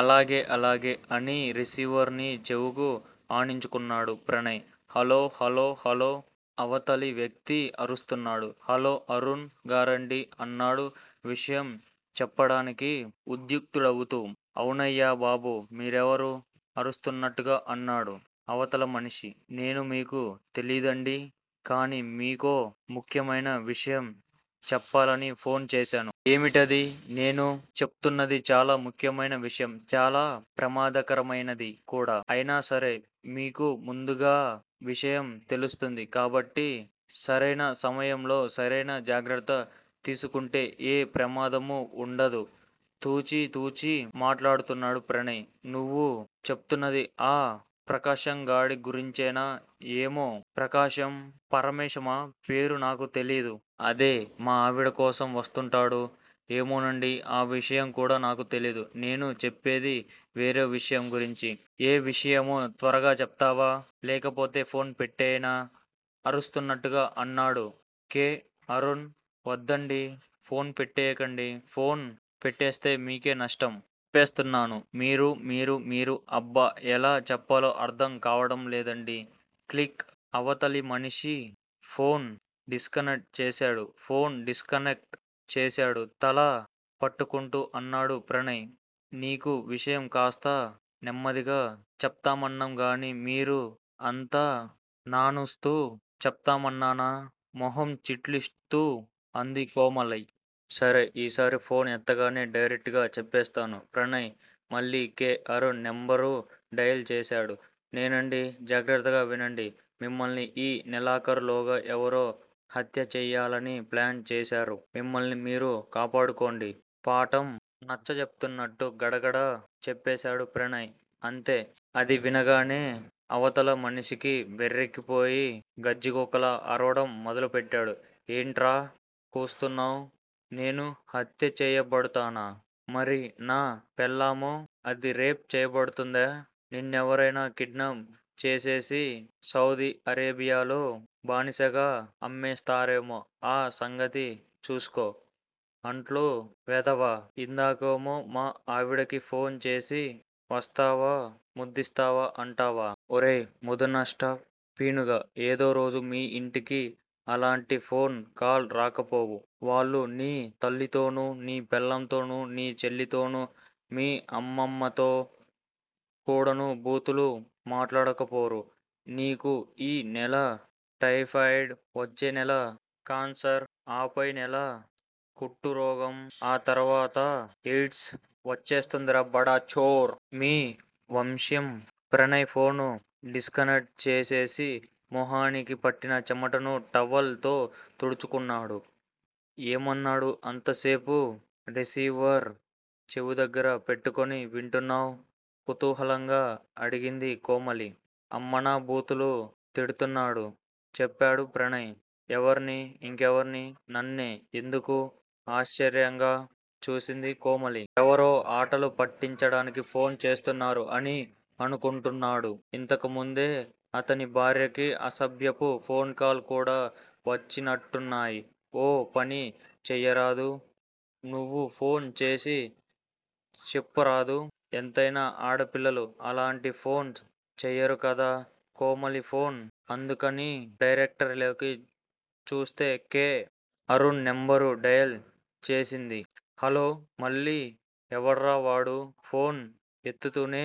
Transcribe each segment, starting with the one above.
అలాగే అలాగే అని రిసీవర్ ని చెవికి ఆనించుకున్నాడు ప్రణయ్. హలో హలో హలో అవతలి వ్యక్తి అరుస్తున్నాడు. హలో అరుణ్ గారాండీ అన్నాడు విషయం చెప్పడానికి ఉద్యుక్తుడవుతూ. అవునయ్యా బాబూ! మీరెవరు? అరుస్తున్నట్టుగా అన్నాడు అవతలి మనిషి. నేను మీకు తెలీదండీ! కానీ మీకో ముఖ్యమైన విషయం చెప్పాలని ఫోన్ చేశాను. ఏమిటది? నేను చెప్తున్నది చాలా ముఖ్యమైన విషయం! చాలా ప్రమాదకరమైనది కూడా. అయినాసరే మీకు ముందుగా విషయం తెలుస్తుంది కాబట్టి సరైన సమయంలో సరైన జాగ్రత్త తీసుకుంటే ఏ ప్రమాదమూ వుండదు తూచి తూచి మాట్లాడుతున్నాడు ప్రణయ్. నువ్వు చెప్తున్నది ఆ ప్రకాశంగాడి గురించేనా? ఏమో ప్రకాశమో, పరమేశమో పేరు నాకు తెలీదు. అదే! మా ఆవిడకోసం వస్తుంటాడూ? ఏమోనండీ! ఆ విషయం కూడా నాకు తెలీదు. నేను చెప్పేది వేరే విషయం గురించి. ఏ విషయమో త్వరగా చెప్తావా, లేకపోతే ఫోన్ పెట్టెయ్యనా? అరుస్తున్నట్టుగా అన్నాడు కె. అరుణ్. వద్దండి! ఫోన్ పెట్టెయ్యకండి. ఫోన్ పెట్టేస్తే మీకే నష్టం. చెప్పేస్తున్నాను మీరు మీరు మీరు అబ్బ ఎలా చెప్పాలో అర్ధం కావడంలేదండీ. క్లిక్ అవతలి మనిషి ఫోన్ డిస్కనెక్ట్ చేసాడు ఫోన్ డిస్కనెక్ట్ చేసాడు తల పట్టుకుంటూ అన్నాడు ప్రణయ్. నీకు విషయం కాస్త నెమ్మదిగా చెప్పమన్నాగానీ మరీ అంత నానుస్తూ చెప్పమన్నానా? మొహం చిట్లిస్తూ అంది కోమలి. సరే! ఈసారి ఫోన్ ఎత్తగానే డైరెక్ట్ గా చెప్పేస్తాను. ప్రణయ్ మళ్ళీ కె. అరుణ్ నెంబరు డయల్ చేశాడు. నేనేనండీ! జాగ్రత్తగా వినండి. మిమ్మల్ని ఈ నెలాఖరులోగా ఎవరో హత్యచేయాలని ప్లాన్ చేశారు. మిమ్మల్ని మీరు కాపాడుకోండి! పాఠం నచ్చజెప్తున్నట్టు గడగడా చెప్పేశాడు ప్రణయ్. అంతే! అది వినగానే అవతల మనిషికి వెర్రెక్కిపోయి గజ్జికుక్కలా అరవడం మొదలుపెట్టాడు. ఏంట్రా కూస్తున్నావ్? నేను హత్యచెయ్యబడతానా? మరి నా పెళ్ళామో! అది రేప్ చెయ్యబడ్తుందా? నిన్నెవరైనా కిడ్నాప్ చేసేసి సౌదీ అరేబియాలో బానిసగా అమ్మేస్తారేమో ఆ సంగతి చూస్కో. అంట్ల వెధవా! ఇందాకేమో మా ఆవిడకి ఫోన్ చేసి వస్తావా ముద్దిస్తావా అంటావు? ఒరేయ్ ముదనష్టం పీనుగా! ఏదో రోజు మీ ఇంటికీ అలాంటి ఫోన్ కాల్స్ రాకపోవు. వాళ్ళు నీ తల్లితోనూ, నీ పెళ్ళాంతోనూ, నీ చెల్లెలితోనూ, మీ అమ్మమ్మతో కూడానూ బూతులు మాట్లాడకపోరు. నీకు ఈ నెల టైఫాయిడ్, వచ్చేనెల కాన్సర్, ఆపై నెల కుష్టురోగం ఆ తర్వాత ఎయిడ్స్ వచ్చేస్తుందిరా బడా చోర్. మీ వంశం ప్రణయ్ ఫోన్ డిస్కనెక్ట్ చేసేసి మొహానికి పట్టిన చెమటని టవల్ తో తుడుచుకున్నాడు. ఏమన్నాడు అంతసేపు రిసీవర్ చెవిదగ్గర పెట్టుకుని వింటున్నావ్? కుతూహలంగా అడిగింది కోమలి. అమ్మనా బూతులు తిడ్తున్నాడు చెప్పాడు ప్రణయ్. ఎవర్ని? ఇంకెవర్ని నన్నే. ఎందుకూ? ఆశ్చర్యంగా చూసింది కోమలి. ఎవరో ఆటలు పట్టించడానికి ఫోన్ చేస్తున్నారు అని అనుకుంటున్నాడు. ఇంతకుముందే అతని భార్యకి అసభ్యపు ఫోన్ కాల్స్ కూడా వచ్చినట్టున్నాయి. ఓ పని చెయ్యరాదూ? నువ్వు ఫోన్ చేసి చెప్పరాదూ? ఎంతైనా ఆడపిల్లలు అలాంటి ఫోన్స్ చెయ్యరుకదా? కోమలి ఫోన్ అందుకుని డైరెక్టరీలోకి చూస్తే కె. అరుణ్ నెంబర్ డయల్ చేసింది. హలో! మళ్ళీ ఎవడ్రావాడూ? ఫోన్ ఎత్తుతూనే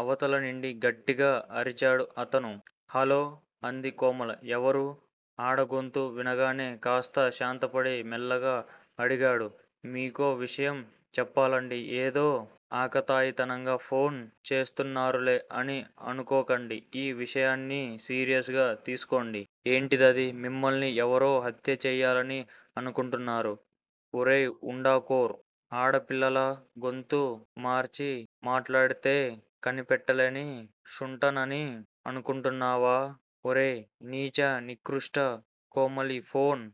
అవతలినుండి గట్టిగా అరిచాడు అతను. హలో! అంది కోమలి. ఎవరూ? ఆడగొంతు వినగానే కాస్త శాంతించి మెల్లగా అడిగాడు. మీకో విషయం చెప్పాలండీ! ఏదో ఆకతాయితనంగా ఫోన్ చేస్తున్నారులే అని అనుకోకండి ఈ విషయాన్ని సీరియస్ గా తీస్కోండి. ఏంటదిఅది? మిమ్మల్ని ఎవరో హత్యచెయ్యాలని అనుకుంటున్నారు. ఒరేయ్ వుండాకోర్! ఆడపిల్లలా గొంతు మార్చి మాట్లాడితే కనిపెట్టలేని శుంఠనని అనుకుంటున్నావా? ఒరే నీచ నికృష్ట కోమలి ఫోన్